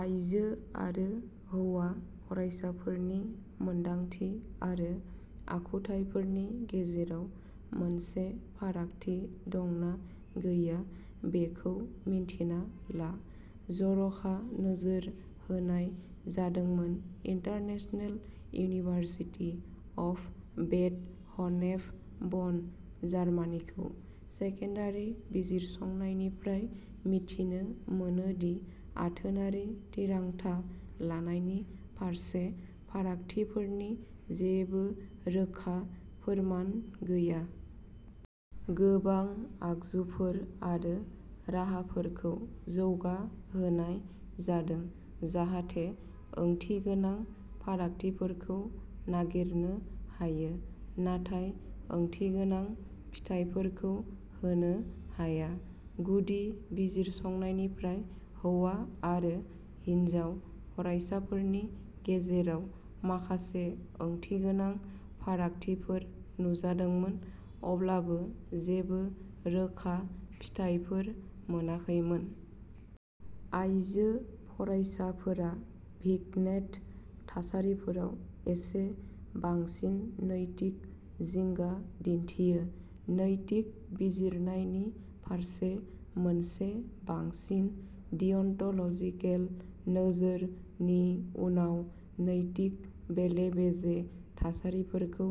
आइजो आरो हौवा फरायसाफोरनि मोनदांथि आरो आखुथायफोरनि गेजेराव मोनसे फारागथि दंना गैया बेखौ मिन्थिना ला। जर'खा नोजोर होनाय जादोंमोन international university of Bad Honnef Bonn, जार्मानिखौ। सेकेन्डारि बिजिरसंनायनिफ्राय मिथिनो मोनो दि आथोनारि थिरांथा लानायनि फारसे फारागथिफोरनि जेबो रोखा फोरमान गैया। गोबां आगजुफोर आरो राहाफोरखौ जौगा होनाय जादों, जाहाथे ओंथिगोनां फारागथिफोरखौ नागिरनो हायो, नाथाय ओंथिगोनां फिथाइफोरखौ होनो हाया। गुदि बिजिरसंनायनिफ्राय हौवा आरो हिनजाव फरायसाफोरनि गेजेराव माखासे ओंथिगोनां फारागथिफोर नुजादोंमोन, अब्लाबो जेबो रोखा फिथायफोर मोनाखैमोन। आइजो फरायसाफोरा भिग्नेट थासारिफोराव एसे बांसिन नैतिक जिंगा दिन्थियो, नैतिक बिजिरनायनि फारसे मोनसे बांसिन डियन्ट'ल'जिकेल नोजोर नि उनाव नैतिक बेले-बेजे थासारिफोरखौ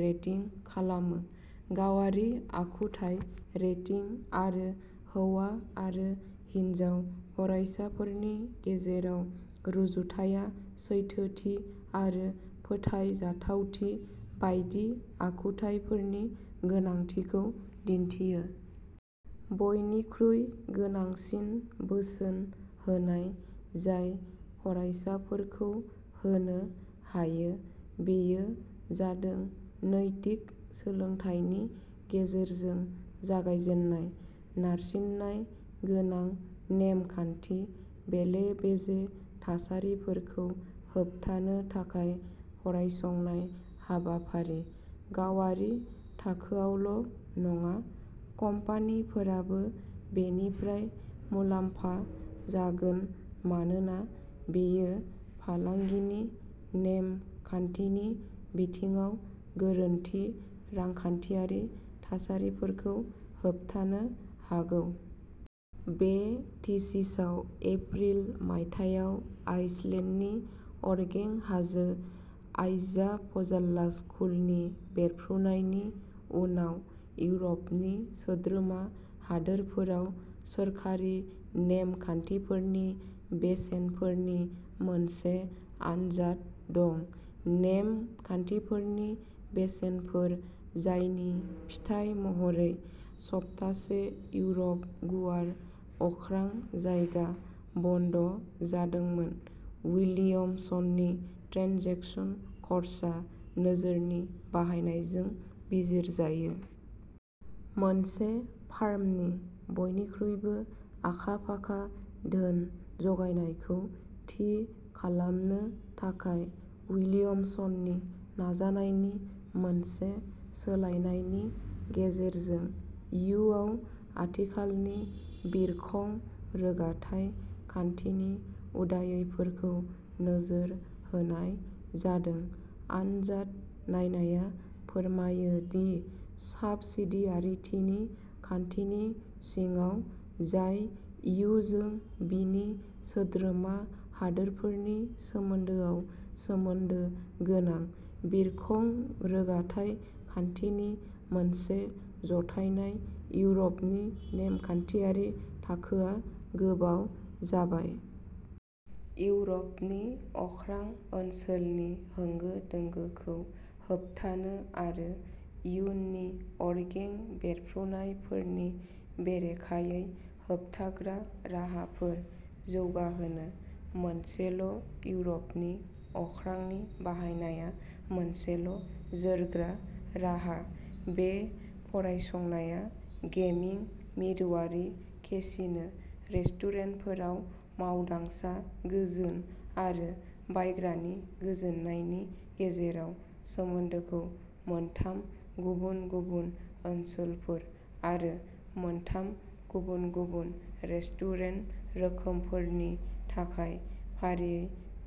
रेटिं खालामो। गावारि आखुथाय रेटिं आरो हौवा आरो हिनजाव फरायसाफोरनि गेजेराव रुजुथाया सैथोथि आरो फोथायजाथावथि बायदि आखुथायफोरनि गोनांथिखौ दिन्थियो। बयनिख्रुइ गोनांसिन बोसोन होनाय जाय फरायसाफोरखौ होनो हायो बेयो जादों नैतिक सोलोंथायनि गेजेरजों जागायजेन्नाय। नारसिननाय गोनां नेम खान्थि बेले-बेजे थासारिफोरखौ होबथानो थाखाय फरायसंनाय हाबाफारि। गावारि थाखोआवल' नङा, कम्पानिफोराबो बेनिफ्राय मुलाम्फा जागोन मानोना बेयो फालांगिनि नेम खान्थिनि बिथिङाव गोरोन्थि रांखान्थियारि थासारिफोरखौ होबथानो हागौ। बे थिसिसआव एप्रिल मायथाइयाव आइसलेन्डनि अरगें हाजो आइजाफजाल्लाजकुलनि बेरफ्रुनायनि उनाव इउर'पनि सोद्रोमा हादोरफोराव सोरखारि नेम खान्थिफोरनि बेसेनफोरनि मोनसे आनजाद दं। नेम खान्थिफोरनि बेसेनफोर, जायनि फिथाय महरै सप्ताहसे इउर'प गुवार अख्रां जायगा बन्द' जादोंमोन, विलियमसननि ट्रेन्जेकसन खर्सा नोजोरनि बाहायनायजों बिजिरजायो। मोनसे फार्मनि बयनिख्रुइबो आखा-फाखा धोन जगायनायखौ थि खालामनो थाखाय विलियमसननि नाजानायनि मोनसे सोलायनायनि गेजेरजों, इयुआव आथिखालनि बिरखं रोगाथाइ खान्थिनि उदायैफोरखौ नोजोर होनाय जादों। आनजाद नायनाया फोरमायो दि साबसिडियारिटिनि खान्थिनि सिङाव, जाय इयुजों बिनि सोद्रोमा हादोरफोरनि सोमोन्दोआव सोमोन्दो गोनां, बिरखं रोगाथाइ खान्थिनि मोनसे जथायनाय इउर'पनि नेमखान्थियारि थाखोआ गोबाव जाबाय। इउर'पनि अख्रां ओनसोलनि होंगो-दोंगोखौ होबथानो आरो इयुननि अरगें बेरफ्रुनायफोरनि बेरेखायै होबथाग्रा राहाफोर जौगाहोनो, मोनसेल'इउर'पनि अख्रांनि बाहायनाया मोनसेल' जोरग्रा राहा। बे फरायसंनाया गेमिं मिरुआरि केसिनो रेस्टुरेन्टफोराव मावदांसा गोजोन आरो बायग्रानि गोजोननायनि गेजेराव सोमोन्दोखौ मोनथाम गुबुन-गुबुन ओनसोलफोर आरो मोनथाम गुबुन-गुबुन रेस्टुरेन्ट रोखोमफोर नि थाखाय फारियै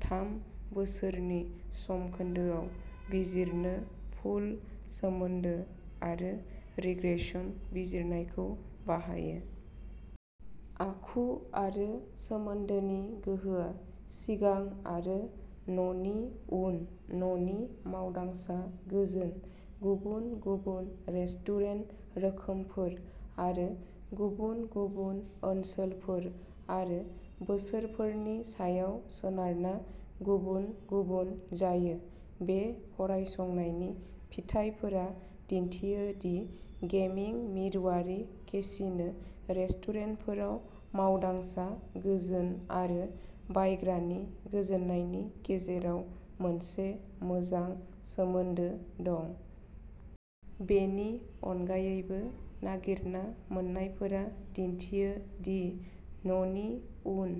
थाम बोसोरनि समखोन्दोआव बिजिरनो पुल्ड सोमोन्दो आरो रिग्रेसन बिजिरनायखौ बाहायो। आखु आरो सोमोन्दोनि गोहोआ सिगां आरो न'नि उन न'नि मावदांसा गोजोन, गुबुन-गुबुन रेस्टुरेन्ट रोखोमफोर, आरो गुबुन-गुबुन ओनसोलफोर आरो बोसोरफोरनि सायाव सोनारना गुबुन-गुबुन जायो। बे फरायसंनायनि फिथायफोरा दिन्थियो दि गेमिं मिरुआरि केसिनो रेस्टुरेन्टफोराव मावदांसा गोजोन आरो बायग्रानि गोजोननायनि गेजेराव मोनसे मोजां सोमोन्दो दं। बेनि अनगायैबो, नागिरना मोन्नायफोरा दिन्थियो दि न'नि उन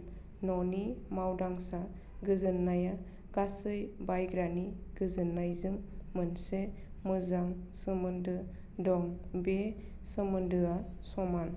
न'नि मावदांसा गोजोननाया गासै बायग्रानि गोजोननायजों मोनसे मोजां सोमोन्दो दं। बे सोमोन्दोआ समान।